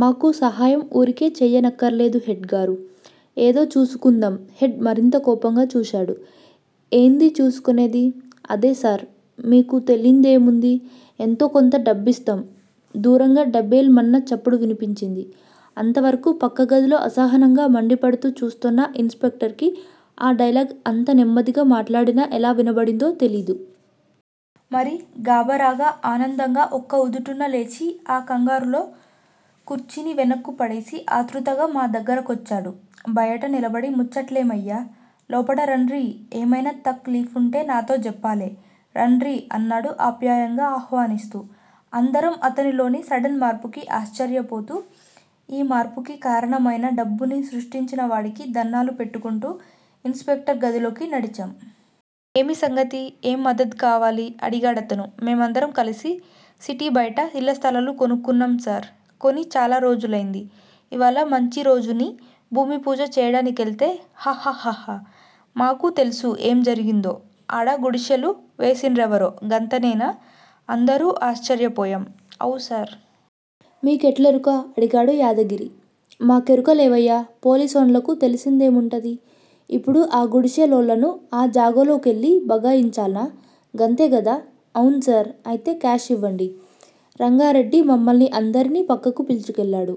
మాకు సహాయం వూరికే చేయనక్కర్లేదు హెడ్ గారూ! ఏదో చూసుకుందాం హెడ్ మరింత కోపంగా చూశాడు. ఏంది చూసుకునేది. అదేసార్! మీకు తెలీందేముంది? ఎంతోకొంత డబ్బిస్తాం దూరంగా దభేల్ మన్న చప్పుడు వినిపించింది. అంతవరకూ పక్కగదిలో అసహనంగా, మండిపడుతూ చూస్తోన్న ఇన్ స్పెక్టర్ కి ఆ డైలాగ్ అంత నెమ్మదిగా మాట్లాడినా ఎలా వినబడిందో తెలీదు. మరి! గాబరాగా, ఆనందంగా ఒక్క ఉదుటున లేచి ఆ కంగారులో కుర్చీని వెనక్కు పడేసి ఆత్రుతగా మా దగ్గర కొచ్చాడు. బయట నిలబడి ముచ్చట్లేమయ్యా! లోపటరాండ్రి, ఏమైనా తక్ లీఫుంటే నాతో జెప్పాలె! రాండ్రి అన్నాడు ఆప్యాయంగా ఆహ్వానిస్తూ. అందరం అతనిలోని సడెన్ మార్పుకి ఆశ్చర్యపోతూ, ఈ మార్పుకి కారణమైన డబ్బుని సృష్టించినవాడికి దణ్ణాలు పెట్టుకుంటూ ఇన్ స్పెక్టర్ గదిలోకి నడిచాం. ఏమి సంగతి? ఏం మదద్ కావాలి? అడిగాడతను. మేమందరం కలిసి సిటీ బయట ఇళ్ళస్థలాలు కొనుక్కున్నాం సార్! కొని చాలా రోజులైంది. ఇవాళ మంచిరోజుని భూమిపూజ చేయడానికెళ్తే హ్హహ్హహ్హహ్హ! మాకు తెల్సు ఏం జరిగిందో! ఆడ గుడిశెళు వేసిన్రెవరో గంతనేనా? అందరూ ఆశ్చర్యపోయాం. అవ్ సార్! మీ కెట్లెరుక? అడిగాడు యాదగిరి. మాకెరుక లేవయ్యా! పోలీసోండ్లకు తెలిసిందేముంటది? ఇప్పుడు ఆగుడిశె లోళ్ళను ఆ జాగల్లోకెళ్ళి భగాయించాల్న. గంతేగదా! అవున్సార్! అయితే కాష్ ఇవ్వండి! రంగారెడ్డి మమ్మల్ని అందరినీ పక్కకు పిల్చుకెళ్ళాడు.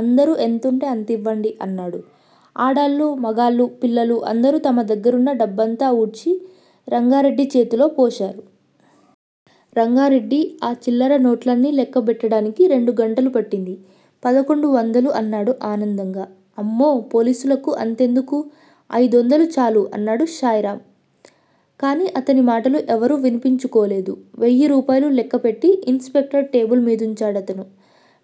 అందరూ ఎంతుంటే అంతివ్వండి అన్నాడు. ఆడాళ్ళూ, మగాళ్ళూ, పిల్లలూ అందరూ తమ దగ్గరున్న డబ్బంతా ఊడ్చి రంగారెడ్డి చేతిలో పోశారు. రంగారెడ్డి ఆ చిల్లర నోట్లన్నీ లెక్కబెట్టడానికి రెండు గంటలుపట్టింది. పదకొండు వందలు అన్నాడు ఆనందంగా. అమ్మో! పోలీసులకు అంతెందుకు? అయిదొందలు చాలు అన్నాడు శాయిరామ్. కానీ అతని మాటలు ఎవరూ వినిపించుకోలేదు. వెయ్యి రూపాయలు లెక్కపెట్టి ఇన్ స్పెక్టర్ టేబుల్ మీదుంచాడతను.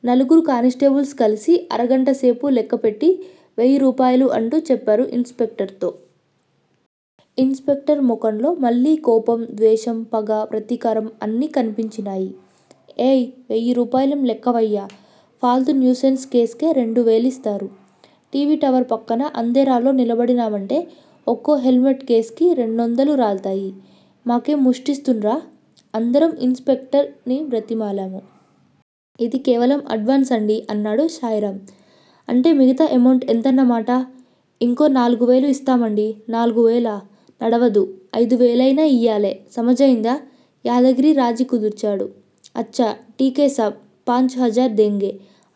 నలుగురు కానిస్టేబుల్స్ కలిసి అరగంటసేపు లెక్కపెట్టి వేయిరూపాయలు అంటూ చెప్పారు ఇన్ స్పెక్టర్ తో. ఇన్ స్పెక్టర్ మొఖంలో మళ్ళీ కోపం, ద్వేషం, పగ, ప్రతీకారం అన్నీ కనిపించినాయ్. ఏయ్! వెయ్యి రూపాయలేం లెక్కవయ్యా! ఫాల్తూ న్యూసెన్స్ కేస్ కే రెండు వేలిస్తారు! టీవీ టవర్ పక్కన అంధేరాలో నిలబడినామంటే ఒక్కో హెల్మెట్ కేస్కి రెండొందలు రాల్తయ్! మాకేం ముష్టిస్తున్రా? అందరం ఇన్ స్పెక్టర్ ని బ్రతిమాలాము. ఇది కేవలం అడ్వాన్సండీ అన్నాడు శాయిరాం. అంటే మిగతా ఎమౌంట్ ఎంతన్నమాట? ఇంకో నాలుగువేలు ఇస్తామండీ! నాల్గువేలా? నడవదు. అయిదువేలయినా ఇయ్యాలె! సమజయిందా? యాదగిరి రాజీ కుదిర్చాడు. అచ్చా! ఠీక్ హై సాబ్! పాంచ్ హజార్ దేంగే!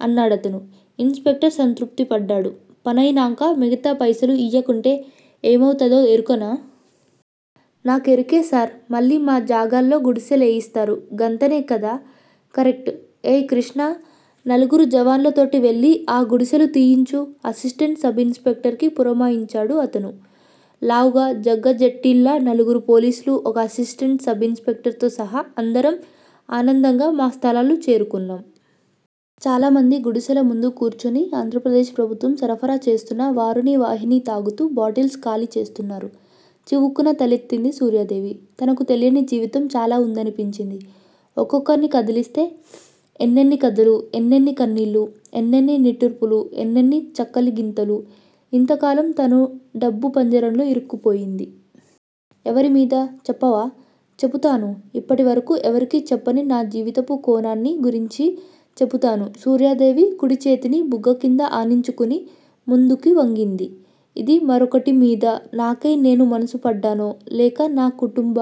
అన్నాడతను. ఇన్ స్పెక్టర్ సంతృప్తి పడ్డాడు. పనయినాంక మిగతా పైసలు ఇయ్యకుంటే ఏమౌతదో ఎరుకనా? నాకెరుకే సార్! మళ్ళీ మా జాగాల్లో గుడిసె లేయిస్తారు గంతనే కదా! కరెక్ట్! ఏయ్ కృష్ణా! నలుగురు జవాన్లతోటి వెళ్ళి ఆ గుడిసెళు తీయించు అసిస్టెంట్ సబిన్ స్పెక్టర్ కి పురమాయించాడు అతను. లావుగా, జగజ్జెట్టీల్లా నలుగురు పోలీసులు. ఒక అసిస్టెంట్ సబిన్ స్పెక్టర్ తో సహా అందరం ఆనందంగా మా స్థలాలు చేరుకున్నాం! చాలామంది గుడిసెల ముందు కూర్చుని ఆంధ్రప్రదేశ్ ప్రభుత్వం సరఫరా చేస్తున్న వారుని వాహిని తాగుతూ, బాటిల్స్ ఖాళీ చేస్తున్నారు. చివుక్కున తలెత్తింది సూర్యాదేవి. తనకు తెలియని జీవితం చాలా వుందనిపించింది. ఒక్కొక్కర్ని కదిలిస్తే ఎన్నెన్ని కథలు, ఎన్నెన్ని కన్నీళ్ళు, ఎన్నెన్ని నిట్టూర్పులు, ఎన్నెన్ని చక్కలిగింతలు. ఇంతకాలం తను డబ్బు పంజరంలో ఇరుక్కుపోయింది. ఎవరిమీద? చెప్పవా? చెబుతాను ఇప్పటివరకు ఎవరికీ చెప్పని నా జీవితపు కోణాన్ని గురించి చెబుతాను సూర్యాదేవి కుడిచేతిని బుగ్గకింద ఆనించుకుని ముందుకి వంగింది. ఇది మరొకటి మీద నాకై నేను మనసు పడ్డానో, లేక నా కుటుంబ